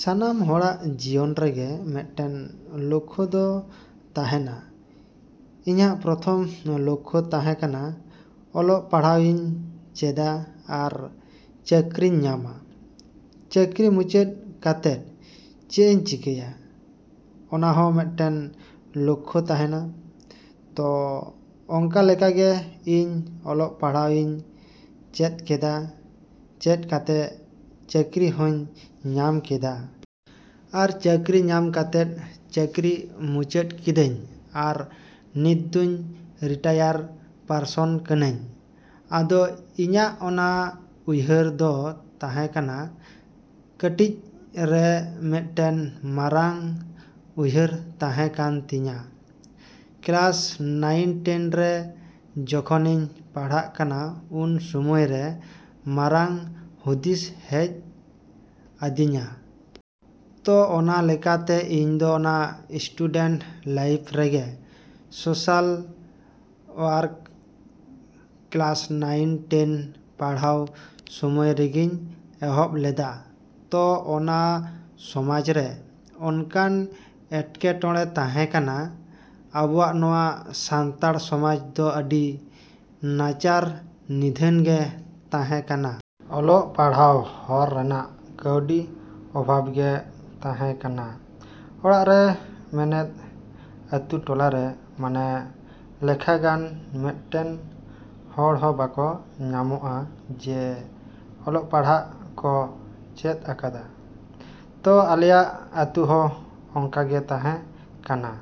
‎ᱥᱟᱱᱟᱢ ᱦᱚᱲᱟᱜ ᱡᱤᱭᱚᱱ ᱨᱮᱜᱮ ᱢᱤᱫᱴᱮᱱ ᱞᱚᱠᱠᱷᱚ ᱫᱚ ᱛᱟᱸᱦᱮᱱᱟ᱾ ᱤᱧᱟᱹᱜ ᱯᱨᱚᱛᱷᱚᱢ ᱞᱚᱠᱠᱷᱚ ᱛᱟᱸᱦᱮ ᱠᱟᱱᱟ ᱚᱞᱚᱜ ᱯᱟᱲᱦᱟᱜ ᱤᱧ ᱪᱮᱫᱟ, ᱟᱨ ᱪᱟᱹᱠᱨᱤᱧ ᱧᱟᱢᱟ? ᱪᱟᱹᱠᱨᱤ ᱢᱩᱪᱟᱹᱫ ᱠᱟᱛᱮᱫ ᱪᱮᱫ ᱤᱧ ᱪᱤᱠᱟᱹᱭᱟ ᱚᱱᱟ ᱦᱚᱸ ᱢᱤᱫᱴᱮᱱ ᱞᱚᱠᱠᱷᱚ ᱛᱟᱸᱦᱮᱱᱟ᱾ ᱛᱚ ᱚᱱᱠᱟ ᱞᱮᱠᱟᱜᱮ ᱤᱧ ᱚᱞᱚᱜ ᱯᱟᱲᱦᱟᱜ ᱤᱧ ᱪᱮᱫ ᱠᱮᱫᱟ, ᱪᱮᱫ ᱠᱟᱛᱮ ᱪᱟᱹᱠᱨᱤ ᱦᱚᱧ ᱧᱟᱢ ᱠᱮᱫᱟ᱾ ᱟᱨ ᱪᱟᱹᱠᱨᱤ ᱧᱟᱢ ᱠᱟᱛᱮᱫ ᱪᱟᱹᱠᱨᱤ ᱢᱩᱪᱟᱹᱫ ᱠᱤᱫᱟᱹᱧ ᱟᱨ ᱱᱤᱛ ᱫᱚᱧ ᱨᱤᱴᱟᱭᱟᱨ ᱯᱟᱨᱥᱚᱱ ᱠᱟᱹᱱᱟᱹᱧ᱾ ᱟᱫᱚ ᱤᱧᱟᱹᱜ ᱚᱱᱟ ᱩᱭᱦᱟᱹᱨ ᱫᱚ ᱛᱟᱸᱦᱮ ᱠᱟᱱᱟ ᱠᱟᱹᱴᱤᱡ ᱨᱮ ᱢᱤᱫᱴᱮᱱ ᱢᱟᱨᱟᱝ ᱩᱭᱦᱟᱹᱨ ᱛᱟᱸᱦᱮ ᱠᱟᱱ ᱛᱤᱧᱟᱹ᱾ ᱠᱞᱟᱥ ᱱᱟᱭᱤᱱ ᱴᱮᱱ ᱨᱮ ᱡᱚᱠᱷᱚᱱᱤᱧ ᱯᱟᱲᱦᱟᱜ ᱠᱟᱱᱟ ᱩᱱ ᱥᱚᱢᱚᱭᱨᱮ ᱢᱟᱨᱟᱝ ᱦᱩᱫᱤᱥ ᱦᱮᱡ ᱟᱹᱫᱤᱧᱟ᱾ ᱛᱚ ᱚᱱᱠᱟ ᱞᱮᱠᱟᱛᱮ ᱤᱧ ᱫᱚ ᱚᱱᱟ ᱥᱴᱩᱰᱮᱱᱴ ᱞᱟᱭᱤᱯᱷ ᱨᱮᱜᱮ social work class nine ten ᱯᱟᱲᱦᱟᱜ ᱥᱚᱢᱚᱭ ᱨᱮᱜᱤᱧ ᱮᱦᱚᱵ ᱠᱮᱫᱟ᱾ ᱛᱚ ᱚᱱᱟ ᱥᱚᱢᱟᱡᱽ ᱨᱮ ᱚᱱᱠᱟᱱ ᱮᱴᱠᱮ ᱴᱚᱬᱮ ᱛᱟᱸᱦᱮ ᱠᱟᱱᱟ᱾ ᱟᱵᱚᱣᱟᱜ ᱱᱚᱣᱟ ᱥᱟᱱᱛᱟᱲ ᱥᱚᱢᱟᱡᱽ ᱫᱚ ᱟᱹᱰᱤ ᱱᱟᱪᱟᱨ ᱱᱤᱫᱷᱟᱹᱱ ᱜᱮ ᱛᱟᱸᱦᱮ ᱠᱟᱱᱟ᱾ ᱚᱞᱚᱜ ᱯᱟᱲᱦᱟᱜ ᱦᱚᱨ ᱨᱮᱱᱟᱜ ᱠᱟᱹᱣᱰᱤ ᱚᱵᱷᱟᱵᱽ ᱜᱮ ᱛᱟᱸᱦᱮ ᱠᱟᱱᱟ᱾ ᱚᱲᱟᱜ ᱨᱮ ᱢᱮᱱᱮᱫ ᱟᱹᱛᱩ ᱴᱚᱞᱟᱨᱮ ᱢᱟᱱᱮ ᱞᱮᱠᱷᱟ ᱜᱟᱱ ᱢᱤᱫᱴᱮᱱ ᱦᱚᱲ ᱦᱚᱸ ᱵᱟᱠᱚ ᱧᱟᱢᱚᱜᱼᱟ ᱡᱮ ᱚᱞᱚᱜ ᱯᱟᱲᱦᱟᱜ ᱠᱚ ᱪᱮᱫ ᱟᱠᱟᱫᱟ᱾ ᱛᱚ ᱟᱞᱮᱭᱟᱜ ᱟᱹᱛᱩ ᱦᱚᱸ ᱚᱱᱠᱟ ᱜᱮ ᱛᱟᱸᱦᱮ ᱠᱟᱱᱟ᱾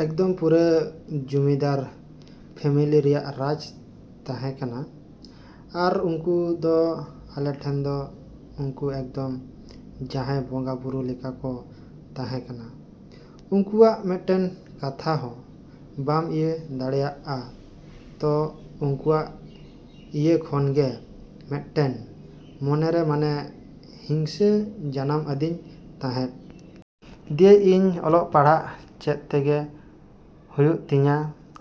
ᱮᱠᱫᱚᱢ ᱯᱩᱨᱟᱹ ᱡᱚᱢᱤᱫᱟᱨ ᱯᱷᱮᱢᱮᱞᱤ ᱨᱮᱭᱟᱜ ᱨᱟᱡᱽ ᱛᱟᱸᱦᱮ ᱠᱟᱱᱟ ᱟᱨ ᱩᱱᱠᱩ ᱫᱚ ᱟᱞᱮ ᱴᱷᱮᱱ ᱫᱚ ᱩᱱᱠᱩ ᱮᱠᱫᱚᱢ ᱡᱟᱸᱦᱟᱭ ᱵᱚᱸᱜᱟ ᱵᱩᱨᱩ ᱞᱮᱠᱟ ᱠᱚ ᱛᱟᱸᱦᱮ ᱠᱟᱱᱟ᱾ ᱩᱱᱠᱩ ᱟᱜ ᱢᱤᱫᱴᱮᱱ ᱠᱟᱛᱷᱟ ᱦᱚᱸ ᱵᱟᱢ ᱤᱭᱟᱹ ᱫᱟᱲᱮᱭᱟᱜᱼᱟ᱾ ᱛᱚ ᱩᱱᱠᱩᱣᱟᱜ ᱤᱭᱟᱹ ᱠᱷᱚᱱᱜᱮ ᱢᱤᱫᱴᱮᱱ ᱢᱚᱱᱨᱮ ᱢᱟᱱᱮ ᱦᱤᱝᱥᱟ ᱡᱟᱱᱟᱢ ᱟᱫᱤᱧ ᱛᱟᱸᱦᱮᱜ᱾ ᱫᱤᱭᱮ ᱤᱧ ᱚᱞᱚᱜ ᱯᱟᱲᱦᱟᱜ ᱪᱮᱫ ᱛᱮᱜᱮ ᱦᱩᱭᱩᱜ ᱛᱤᱧᱟ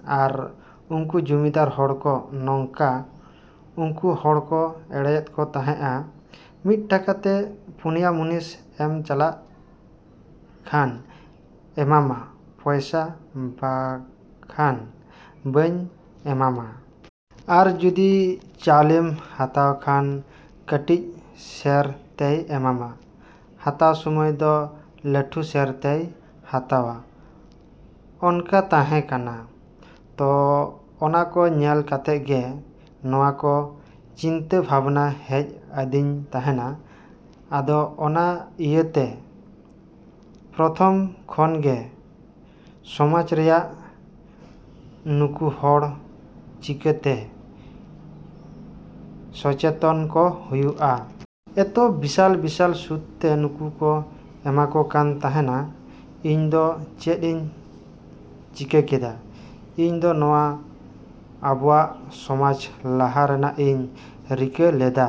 ᱟᱨ ᱩᱱᱠᱩ ᱡᱚᱢᱤᱫᱟᱨ ᱦᱚᱲ ᱠᱚ ᱱᱚᱝᱠᱟ ᱩᱱᱠᱩ ᱦᱚᱲ ᱠᱚ ᱮᱲᱮᱭᱮᱫ ᱠᱚ ᱛᱟᱸᱦᱮᱜᱼᱟ᱾ ᱢᱤᱫ ᱴᱟᱠᱟ ᱛᱮ ᱯᱩᱱᱭᱟ ᱢᱩᱱᱤᱥ ᱮᱢ ᱪᱟᱞᱟᱜ ᱠᱷᱟᱱ ᱮᱢᱟᱢᱟ ᱯᱚᱭᱥᱟ ᱵᱟᱠᱷᱟᱱ ᱵᱟᱹᱧ ᱮᱢᱟᱢᱟ᱾ ᱟᱨ ᱡᱚᱫᱤ ᱪᱟᱣᱞᱮᱢ ᱦᱟᱛᱟᱣ ᱠᱷᱟᱱ ᱠᱟᱹᱴᱤᱡ ᱥᱮᱨ ᱛᱮᱭ ᱮᱢᱟᱢᱟ ᱦᱟᱛᱟᱣ ᱥᱚᱢᱚᱭ ᱫᱚ ᱞᱟᱹᱴᱩ ᱥᱮᱨ ᱛᱮᱭ ᱦᱟᱛᱟᱣᱟ ᱚᱱᱠᱟ ᱛᱟᱸᱦᱮ ᱠᱟᱱᱟ᱾ ᱛᱚ ᱚᱱᱟ ᱠᱚ ᱧᱮᱞ ᱠᱟᱛᱮᱜ ᱜᱮ ᱱᱚᱣᱟ ᱠᱚ ᱪᱤᱱᱛᱟᱹ ᱵᱷᱟᱵᱽᱱᱟ ᱦᱮᱡ ᱟᱹᱫᱤᱧ ᱛᱟᱸᱦᱮᱱᱟ᱾ ᱟᱫᱚ ᱚᱱᱟ ᱤᱭᱟᱹᱛᱮ ᱯᱨᱚᱛᱷᱚᱢ ᱠᱷᱚᱱ ᱜᱮ ᱥᱚᱢᱟᱡᱽ ᱨᱮᱭᱟᱜ ᱱᱩᱠᱩ ᱦᱚᱲ ᱪᱤᱠᱟᱹᱛᱮ ᱥᱚᱪᱮᱛᱚᱱ ᱠᱚ ᱦᱩᱭᱩᱜᱼᱟ᱾ ᱮᱛᱚ ᱵᱤᱥᱟᱞ ᱵᱤᱥᱟᱞ ᱥᱩᱫ ᱛᱮ ᱱᱩᱠᱩ ᱠᱚ ᱮᱢᱟ ᱠᱚ ᱠᱟᱱ ᱛᱟᱸᱦᱮᱱᱟ᱾ ᱤᱧ ᱫᱚ ᱪᱮᱫ ᱤᱧ ᱪᱤᱠᱟ. ᱠᱮᱫᱟ? ᱤᱧ ᱫᱚ ᱱᱚᱣᱟ ᱟᱵᱚᱣᱟᱜ ᱥᱚᱢᱟᱡᱽ ᱞᱟᱦᱟ ᱨᱮᱱᱟᱜ ᱤᱧ ᱨᱤᱠᱟ. ᱞᱮᱫᱟ᱾